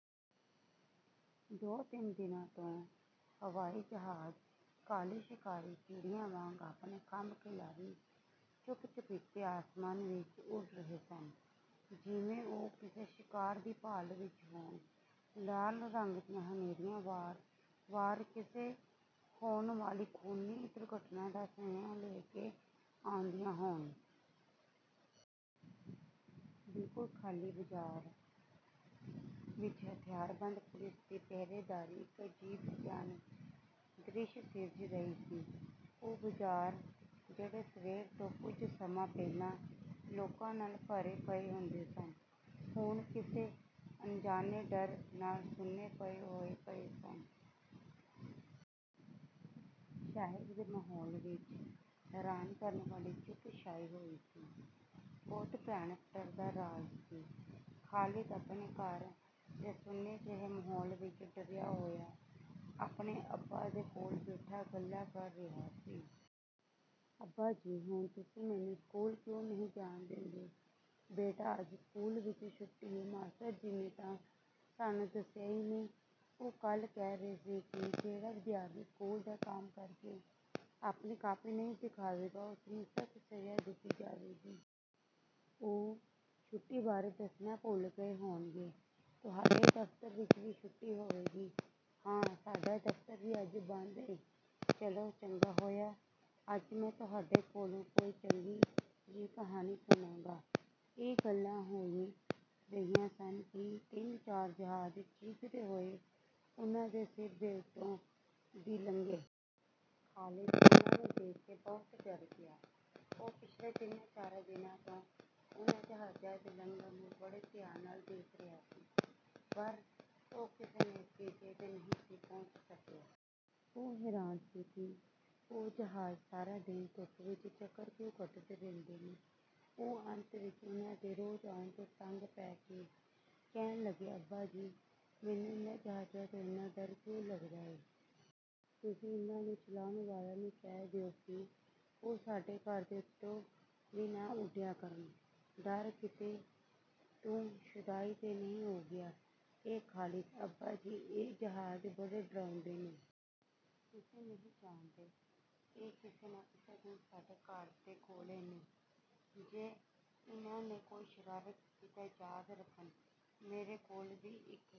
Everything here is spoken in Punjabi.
ਦੋ ਤਿੰਨ ਦਿਨਾਂ ਤੋਂ ਹਵਾਈ ਜਹਾਜ਼ ਕਾਲੀ ਸ਼ਿਕਾਰੀ ਚਿੜੀਆਂ ਵਾਂਗ ਆਪਣੇ ਖੰਭ ਖਿਲਾਰੀ ਚੁੱਪ ਚੁਪੀਤੇ ਆਸਮਾਨ ਵਿਚ ਉੱਡ ਰਹੇ ਸਨ ਜਿਵੇਂ ਉਹ ਕਿਸੇ ਸ਼ਿਕਾਰ ਦੀ ਭਾਲ ਵਿਚ ਹੋਣ। ਲਾਲ ਰੰਗ ਦੀਆਂ ਹਨੇਰੀਆਂ ਵਾਰ ਵਾਰ ਕਿਸੇ ਹੋਣ ਵਾਲੀ ਖ਼ੂਨੀ ਦੁਰਘਟਨਾ ਦਾ ਸੁਨੇਹਾ ਲੈ ਕੇ ਆਉਂਦੀਆਂ ਹੋਣ। ਬਿਲਕੁਲ ਖਾਲੀ ਬਾਜ਼ਾਰਾਂ ਵਿਚ ਹਥਿਆਰਬੰਦ ਪੁਲੀਸ ਦੀ ਪਹਿਰੇਦਾਰੀ ਇਕ ਅਜੀਬ ਭਿਆਨਕ ਦ੍ਰਿਸ਼ ਸਿਰਜ ਰਹੀ ਸੀ। ਉਹ ਬਾਜ਼ਾਰ ਜਿਹੜੇ ਸਵੇਰ ਤੋਂ ਕੁਝ ਸਮਾਂ ਪਹਿਲਾਂ ਲੋਕਾਂ ਨਾਲ ਭਰੇ ਪਏ ਹੁੰਦੇ ਸਨ ਹੁਣ ਕਿਸੇ ਅਣਜਾਣੇ ਡਰ ਨਾਲ ਸੁੰਨੇ ਹੋਏ ਪਏ ਸਨ। ਸ਼ਹਿਰ ਦੇ ਮਾਹੌਲ ਵਿਚ ਹੈਰਾਨ ਕਰਨ ਵਾਲੀ ਚੁੱਪ ਛਾਈ ਹੋਈ ਸੀ। ਬਹੁਤ ਭਿਆਨਕ ਡਰ ਦਾ ਰਾਜ ਸੀ। ਖ਼ਾਲਿਦ ਆਪਣੇ ਘਰ ਦੇ ਸੁੰਨੇ ਜਿਹੇ ਮਾਹੌਲ ਵਿਚ ਡਰਿਆ ਹੋਇਆ ਆਪਣੇ ਅੱਬਾ ਦੇ ਕੋਲ ਬੈਠਾ ਗੱਲਾਂ ਕਰ ਰਿਹਾ ਸੀ। ਅੱਬਾ ਜੀ ਹੁਣ ਤੁਸੀਂ ਮੈਨੂੰ ਸਕੂਲ ਕਿਉਂ ਨਹੀਂ ਜਾਣ ਦੇਂਦੇ? ਬੇਟਾ ਅੱਜ ਸਕੂਲ ਵਿਚ ਛੁੱਟੀ ਏ। ਮਾਸਟਰ ਜੀ ਨੇ ਤਾਂ ਸਾਨੂੰ ਦੱਸਿਆ ਈ ਨਹੀਂ। ਉਹ ਕੱਲ੍ਹ ਕਹਿ ਰਹੇ ਸੀ ਕਿ ਜਿਹੜਾ ਵਿਦਿਆਰਥੀ ਸਕੂਲ ਦਾ ਕੰਮ ਕਰਕੇ ਆਪਣੀ ਕਾਪੀ ਨਹੀਂ ਦਿਖਾਵੇਗਾ ਓਸ ਨੂੰ ਸਖ਼ਤ ਸਜ਼ਾ ਦਿੱਤੀ ਜਾਵੇਗੀ। ਉਹ ਛੁੱਟੀ ਬਾਰੇ ਦੱਸਣਾ ਭੁੱਲ ਗਏ ਹੋਣਗੇ। ਤੁਹਾਡੇ ਦਫ਼ਤਰ ਵਿਚ ਵੀ ਛੁੱਟੀ ਹੋਵੇਗੀ? ਹਾਂ, ਸਾਡਾ ਦਫ਼ਤਰ ਵੀ ਅੱਜ ਬੰਦ ਏ। ਚਲੋ ਚੰਗਾ ਹੋਇਆ। ਅੱਜ ਮੈਂ ਤੁਹਾਡੇ ਕੋਲੋਂ ਕੋਈ ਚੰਗੀ ਜਿਹੀ ਕਹਾਣੀ ਸੁਣਾਂਗਾ। ਇਹ ਗੱਲਾਂ ਹੋ ਈ ਰਹੀਆਂ ਸਨ ਕਿ ਤਿੰਨ ਚਾਰ ਜਹਾਜ਼ ਚੀਕਦੇ ਹੋਏ ਉਨ੍ਹਾਂ ਦੇ ਸਿਰਾਂ ਦੇ ਉੱਤੋਂ ਦੀ ਲੰਘੇ। ਖ਼ਾਲਿਦ ਉਨ੍ਹਾਂ ਨੂੰ ਦੇਖ ਕੇ ਬਹੁਤ ਡਰ ਗਿਆ। ਉਹ ਪਿਛਲੇ ਤਿੰਨਾਂ ਚਾਰਾਂ ਦਿਨਾਂ ਤੋਂ ਉਨ੍ਹਾਂ ਜਹਾਜ਼ਾਂ ਦੇ ਲੰਘਣ ਨੂੰ ਬੜੇ ਧਿਆਨ ਨਾਲ ਦੇਖ ਰਿਹਾ ਸੀ ਪਰ ਉਹ ਕਿਸੇ ਨਤੀਜੇ ਤੇ ਨਹੀਂ ਸੀ ਪਹੁੰਚ ਸਕਿਆ। ਉਹ ਹੈਰਾਨ ਸੀ ਕਿ ਉਹ ਜਹਾਜ਼ ਸਾਰਾ ਦਿਨ ਧੁੱਪ ਵਿਚ ਚੱਕਰ ਕਿਉਂ ਕੱਟਦੇ ਰਹਿੰਦੇ ਨੇ? ਉਹ ਅੰਤ ਵਿਚ ਉਨ੍ਹਾਂ ਦੇ ਰੋਜ਼ ਆਉਣ ਤੋਂ ਤੰਗ ਪੈ ਕੇ ਕਹਿਣ ਲੱਗਿਆ ਅੱਬਾ ਜੀ ਮੈਨੂੰ ਇਨ੍ਹਾਂ ਜਹਾਜ਼ਾਂ ਤੋਂ ਏਨਾ ਡਰ ਕਿਉਂ ਲੱਗਦਾ ਏ? ਤੁਸੀਂ ਇਨ੍ਹਾਂ ਨੂੰ ਚਲਾਉਣ ਵਾਲਿਆਂ ਨੂੰ ਕਹਿ ਦਿਓ ਕਿ ਉਹ ਸਾਡੇ ਘਰ ਦੇ ਉੱਤੋਂ ਦੀ ਨਾ ਉੱਡਿਆ ਕਰਨ। ਡਰ ਕਿਤੇ ਤੂੰ ਸ਼ੁਦਾਈ ਤੇ ਨਹੀਂ ਹੋ ਗਿਆ ਏਂ ਖ਼ਾਲਿਦ? ਅੱਬਾ ਜੀ ਇਹ ਜਹਾਜ਼ ਬੜੇ ਡਰਾਉਂਦੇ ਨੇ। ਤੁਸੀਂ ਨਹੀਂ ਜਾਣਦੇ, ਇਹ ਕਿਸੇ ਨਾ ਕਿਸੇ ਦਿਨ ਸਾਡੇ ਘਰ ਤੇ ਗੋਲੇ ਨੇ। ਜੇ ਇਨ੍ਹਾਂ ਨੇ ਕੋਈ ਸ਼ਰਾਰਤ ਕੀਤੀ ਤਾਂ ਯਾਦ ਰੱਖਣ, ਮੇਰੇ ਕੋਲ ਵੀ ਇਕ